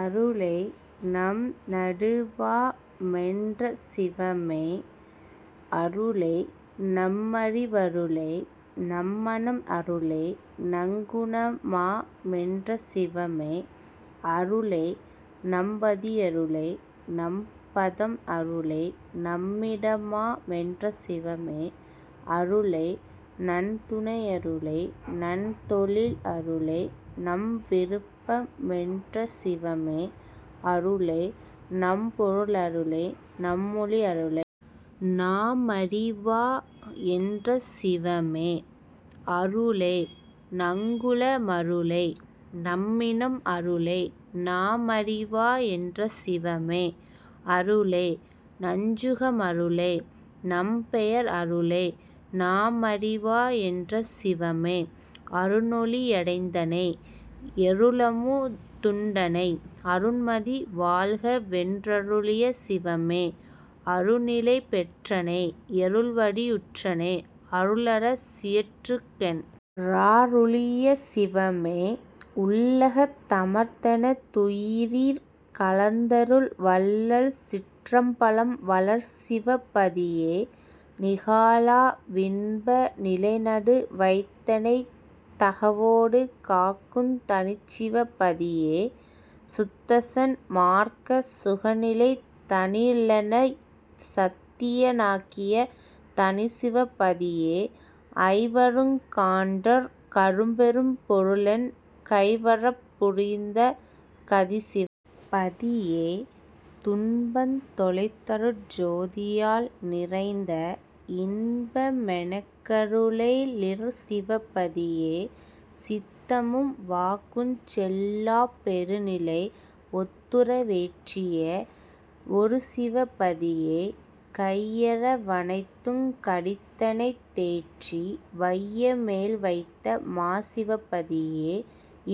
அருளே நம்நடு வாமென் றசிவமே அருளே நம்மறி வருளே நம்மனம் அருளே நங்குண மாமென் றசிவமே அருளே நம்பதி யருளே நம்பதம் அருளே நம்மிட மாமென் றசிவமே அருளே நந்துணை யருளே நந்தொழில் அருளே நம்விருப் பாமென் றசிவமே அருளே நம்பொரு ளருளே நம்மொளி அருளே நாமறி வாயென் றசிவமே அருளே நங்குல மருளே நம்மினம் அருளே நாமறி வாயென் றசிவமே அருளே நஞ்சுக மருளே நம்பெயர் அருளே நாமறி வாயென் றசிவமே அருளொளி யடைந்தனை யருளமு துண்டனை அருண்மதி வாழ்கவென் றருளிய சிவமே அருணிலை பெற்றனை யருள்வடி வுற்றனை அருளர சியற்றுகென் றருளிய சிவமே உள்ளகத் தமர்ந்தென துயிரிற் கலந்தருள் வள்ளல்சிற் றம்பலம் வளர்சிவ பதியே நிகாலா வின்ப நிலைநடு வைத்தெனைத் தகவொடு காக்குந் தனிச்சிவ பதியே சுத்தசன் மார்க்க சுகநிலை தனிலெனைத் சத்திய னாக்கிய தனிச்சிவ பதியே ஐவருங் காண்டற் கரும்பெரும் பொருளென் கைவரப் புரிந்த கதிசிவ பதியே துன்பந் தொலைத்தருட் ஜோதியால் நிறைந்த இன்ப மெனக்கரு ளெழிற்சிவ பதியே சித்தமும் வாக்குஞ் செல்லாப் பெருநிலை ஒத்துற வேற்றிய வொருசிவ பதியே கையற வனைத்துங் கடிந்தெனைத் தேற்றி வையமேல் வைத்த மாசிவ பதியே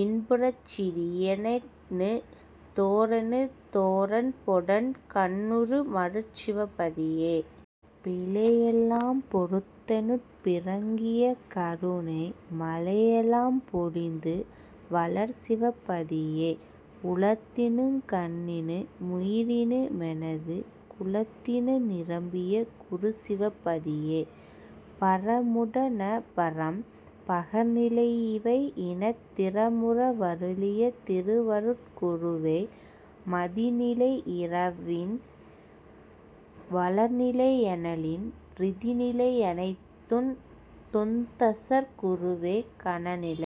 இன்புறச் சிறியே னெண்ணுதோ றெண்ணுதோ றன்பொடன் கண்ணுறு மருட்சிவ பதியே பிழையெலாம் பொறுத்தெனுட் பிறங்கிய கருணை மழையெலாம் பொழிந்து வளர்சிவ பதியே உளத்தினுங் கண்ணினு முயிரினு மெனது குளத்தினு நிரம்பிய குருசிவ பதியே பரமுட னபரம் பகர்நிலை யிவையினத் திரமுற வருளிய திருவருட் குருவே மதிநிலை யிரவியின் வளர்நிலை யனலின் றிதிநிலை யனைத்துந் தொந்தசற் குருவே கணநிலை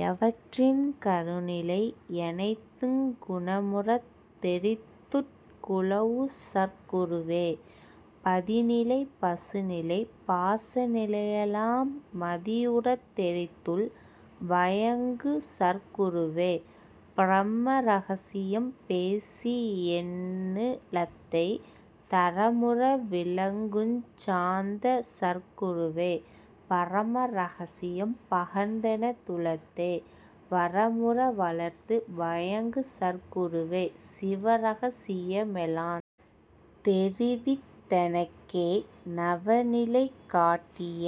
யவற்றின் கருநிலை யனைத்துங் குணமுறத் தெரித்துட் குலவுசற் குருவே பதிநிலை பசுநிலை பாச நிலையெலாம் மதியுறத் தெரித்துள் வயங்குசற் குருவே பிரம ரகசியம் பேசியென் னுளத்தே தரமுற விளங்குஞ் சாந்தசற் குருவே பரம ரகசியம் பகர்ந்தென துளத்தே வரமுற வளர்த்து வயங்குசற் குருவே சிவரக சியமெலாந் தெரிவித் தெனக்கே நவநிலை காட்டிய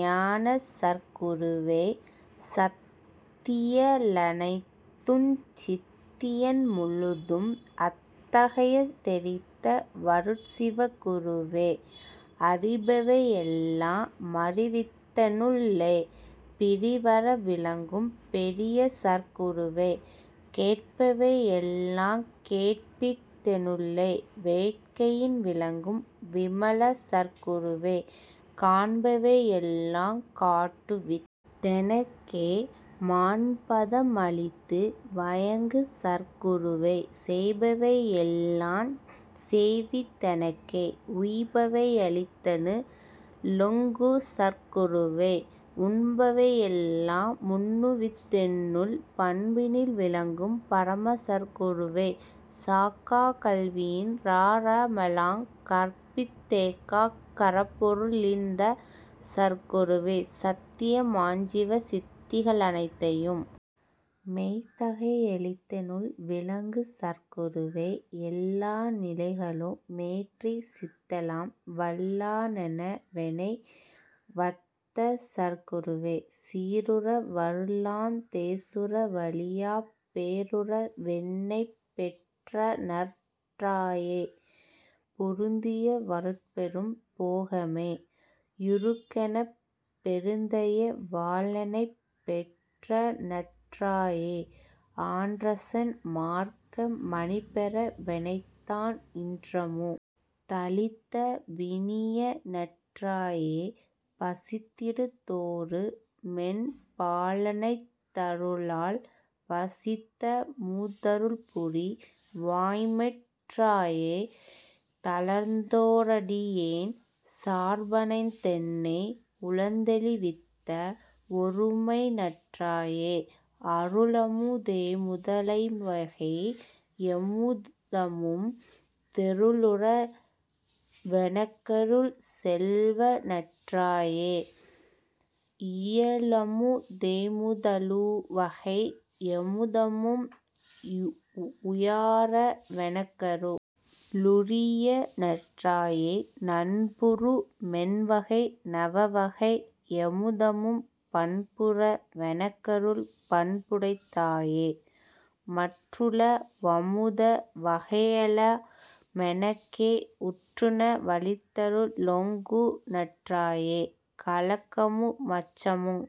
ஞானசற் குருவே சத்திய லனைத்துஞ் சித்தியன் முழுதும் அத்தகை தெரித்த வருட்சிவ குருவே அறிபவை யெல்லா மறிவித்தென் னுள்ளே பிறிவற விளங்கும் பெரியசற் குருவே கேட்பவை யெல்லாங் கேட்பித் தெனுள்ளே வேட்கையின் விளங்கும் விமலசற் குருவே காண்பவை யெல்லாங் காட்டுவித் தெனக்கே மாண்பத மளித்து வயங்குசற் குருவே செய்பவை யெல்லாஞ் செய்வித் தெனக்கே உய்பவை யளித்தெனு ளோங்குசற் குருவே உண்பவை யெல்லா முண்ணுவித் தென்னுள் பண்பினில் விளங்கும் பரமசற் குருவே சாகாக் கல்வியின் றரமெலாங் கற்பித் தேகாக் கரப்பொரு ளீந்தசற் குருவே சத்திய மாஞ்சிவ சித்திக ளனைத்தையும் மெய்த்தகை யளித்தெனுள் விளங்குசற் குருவே எல்லா நிலைகளு மேற்றிச் சித்தெலாம் வல்லா னெனவெனை வைத்தசற் குருவே சீருற வருளாந் தேசுற வழியாப் பேருற வென்னைப் பெற்றநற் றாயே பொருந்திய வருட்பெரும் போகமே யுறுகெனப் பெருந்தய வாலெனைப் பெற்றநற் றாயே ஆன்றசன் மார்க்க மணிபெற வெனைத்தான் இன்றமு தளித்த வினியநற் றாயே பசித்திடு தோறுமென் பாலணைந் தருளால் வசித்தமு தருள்புரி வாய்மைந்ற் றாயே தளர்ந்தோ றடியேன் சார்பணைந் தென்னை உளந்தெளி வித்த வொருமைநற் றாயே அருளமு தேமுத லைவகை யமுதமும் தெருளுற வெனக்கருள் செல்வநற் றாயே இயலமு தேமுத லெழுவகை யமுதமும் உயாற வெனக்கரு ளுரியநற் றாயே நண்புறு மெண்வகை நவவகை யமுதமும் பண்புற வெனக்கருள் பண்புடைத் தாயே மற்றுள வமுத வகையெலா மெனக்கே உற்றுண வளித்தரு ளோங்குநற் றாயே கலக்கமு மச்சமுங்